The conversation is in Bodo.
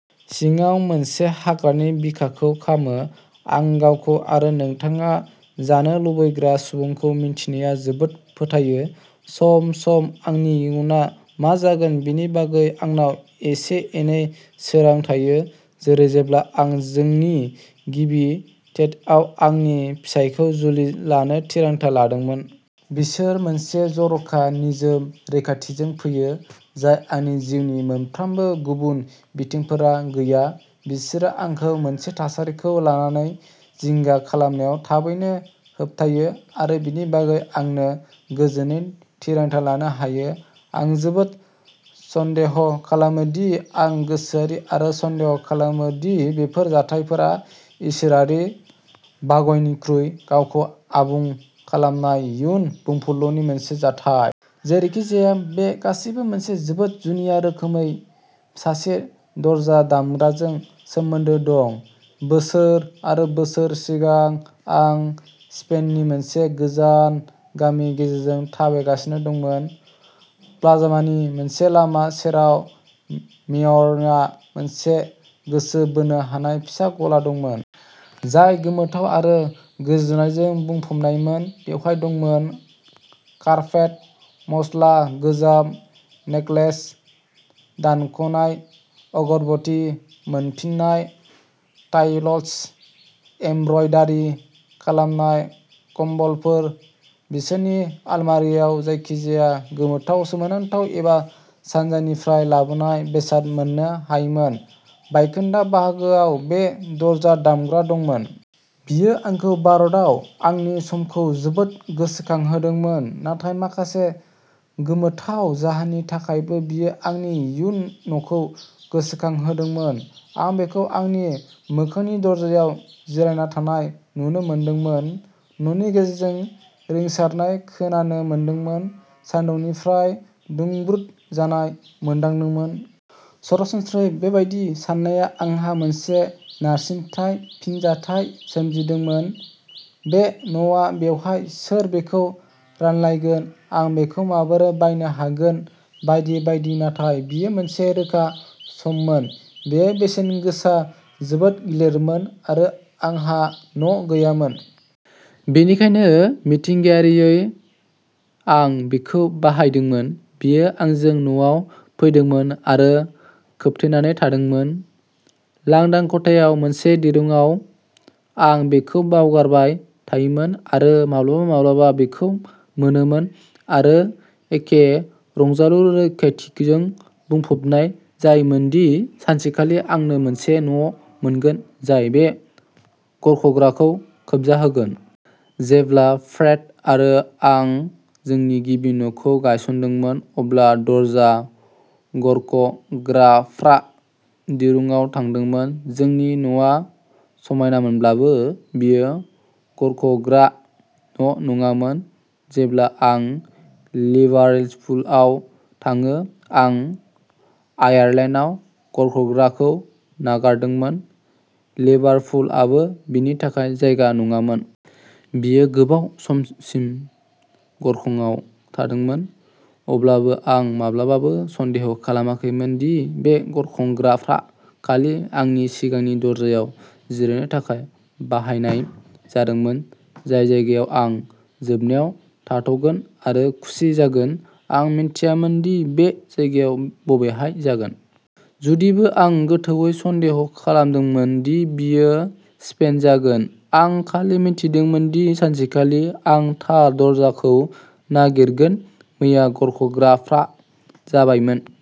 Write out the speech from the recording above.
सिङाव मोनसे हाग्रानि बिखाखौ खामो। आं गावखौ आरो नोंथाङा जानो लुबैग्रा सुबुंखौ मिथिनायाव जोबोद फोथायो। सम-सम आंनि इयुनआ मा जागोन बेनि बागै आंनाव एसे-एनै सोरां थायो। जेरै जेब्ला आं जोंनि गिबि डेटआव आंनि फिसायखौ जुलि लानो थिरांथा लादोंमोन। बिसोर मोनसे जर'खा निजोम रोखाथिजों फैयो जाय आंनि जिउनि मोनफ्रोमबो गुबुन बिथिंफोरा गैया। बिसोरो आंखौ मोनसे थासारिखौ लानानै जिंगा खालामनायाव थाबैनो होबथायो। आरो बेनि बागै आंनो गोजोनै थिरांथा लानो होयो। आं जोबोद सन्देह खालामो दि आं गोसोआरि आरो सन्देह खालामो दि बेफोर जाथायफोरा इसोरारि भाग्यनिख्रुइ गावखौ आबुं खालामनाय इयुन बुंफुरलुनि मोनसे जाथाय। जेरैखिजाया बे गासैबो मोनसे जोबोद जुनिया रोखोमै सासे दरजा दामग्राजों सोमोन्दो दं। बोसोर आरो बोसोर सिगां आं स्पेननि मोनसे गोजान गामि गेजेरजों थाबायगासिनो दंमोन। प्लाजानि मोनसे लामा सेराव मेयरआ मोनसे गोसो बोनो हानाय फिसा गला दंमोन। जाय गोमोथाव आरो गोजोननायजों बुंफबनायमोन। बेहाय दंमोन। कार्पेट, मस्ला, गोजाम नेकलेस, दानख'नाय अगरबत्ती, मोनफिननाय टाइल्स, एमब्रयदारि खालामनाय कम्बलफोर। बिसोरनि अलमारियाव जायखिजाया गोमोथाव, सोमोनांथाव एबा सानजानिफ्राय लाबोनाय बेसाद मोननो हायोमोन। बायखोन्दा बाहागोआव बे दरजा दामग्रा दंमोन। बेयो आंखौ भारतआव आंनि समखौ जोबोद गोसोखांहोदोंमोन नाथाय माखासे गोमोथाव जाहोननि थाखायबो बेयो आंनि इयुन न'खौ गोसोखांहोदोंमोन। आं बेखौ आंनि मोखांनि दरजायाव जिरायना थानाय नुनो मोनदोंमोन। न'नि गेजेरजों रिंसारनाय खोनानो मोनदोंमोन। सान्दुंनिफ्राय दुंब्रुद जानाय मोनदांदोंमोन। सरासनस्रायै बेबादि साननाया आंहा मोनसे नारसिनथाय फिनजाथाय सोमजिहोदोंमोन। बे न'आ बबेहाय सोर बेखौ रानलायगोन। आं बेखौ माबोरै बायनो हागोन बायदि बायदि नाथाय बेयो मोनसे रोखा सममोन। बेयो बेसेन गोसा जोबोद गिलिरमोन आरो आंहा न' गैयामोन। बेनिखायनो मिथिंगायारियै आं बेखौ बाहायदोंमोन। बेयो आंजों न'आव फैदोंमोन आरो खोबथेनानै थादोंमोन। लांदां खथायाव मोनसे दिरुंआव। आं बेखौ बावगारबाय थायोमोन आरो माब्लाबा माब्लाबा बेखौ मोनोमोन आरो एखे रंजालु रोखाथिजों बुंफबनाय जायोमोनदि सानसेखालि आंनो मोनसे न' मोनगोन जाय बे गरख'ग्राखौ खोबजाहोगोन। जेब्ला फ्रेड आरो आं जोंनि गिबि न'खौ गायसनदोंमोन, अब्ला दरजा गरख'ग्राफ्रा दिरुंआव थांदोंमोन। जोंनि न'आ समायनामोनब्लाबो बेयो गरख'ग्रा न' नङामोन। जेब्ला आं लिभारपुलआव थाङो आं आयारलेन्डआव गरख'ग्राखौ नागारदोंमोन। लिभारपुलाबो बेनि थाखाय जायगा नङामोन। बेयो गोबाव समसिम गरख'राङाव थादोंमोन। अब्लाबो आं माब्लाबाबो सन्देह खालामाखैमोन दि बे गरख'ग्राफ्रा खालि आंनि सिगांनि दरजायाव जिरायनो थाखाय बाहानायनाय जादोंमोन। जाय जायगायाव आं जोबनायाव थाथ'गोन आरो खुसि जागोन। आं मिथियामोन दि बे जायगाया बबेहाय जागोन। जुदिबो आं गोथौवै सन्देह खालामदोंमोन दि बेयो स्पेन जागोन। आं खालि मिथिदोंमोन दि सानसेखालि आं थार दरजाखौ नागिरगोन। मैया गरख'ग्राफ्रा जाबायमोन।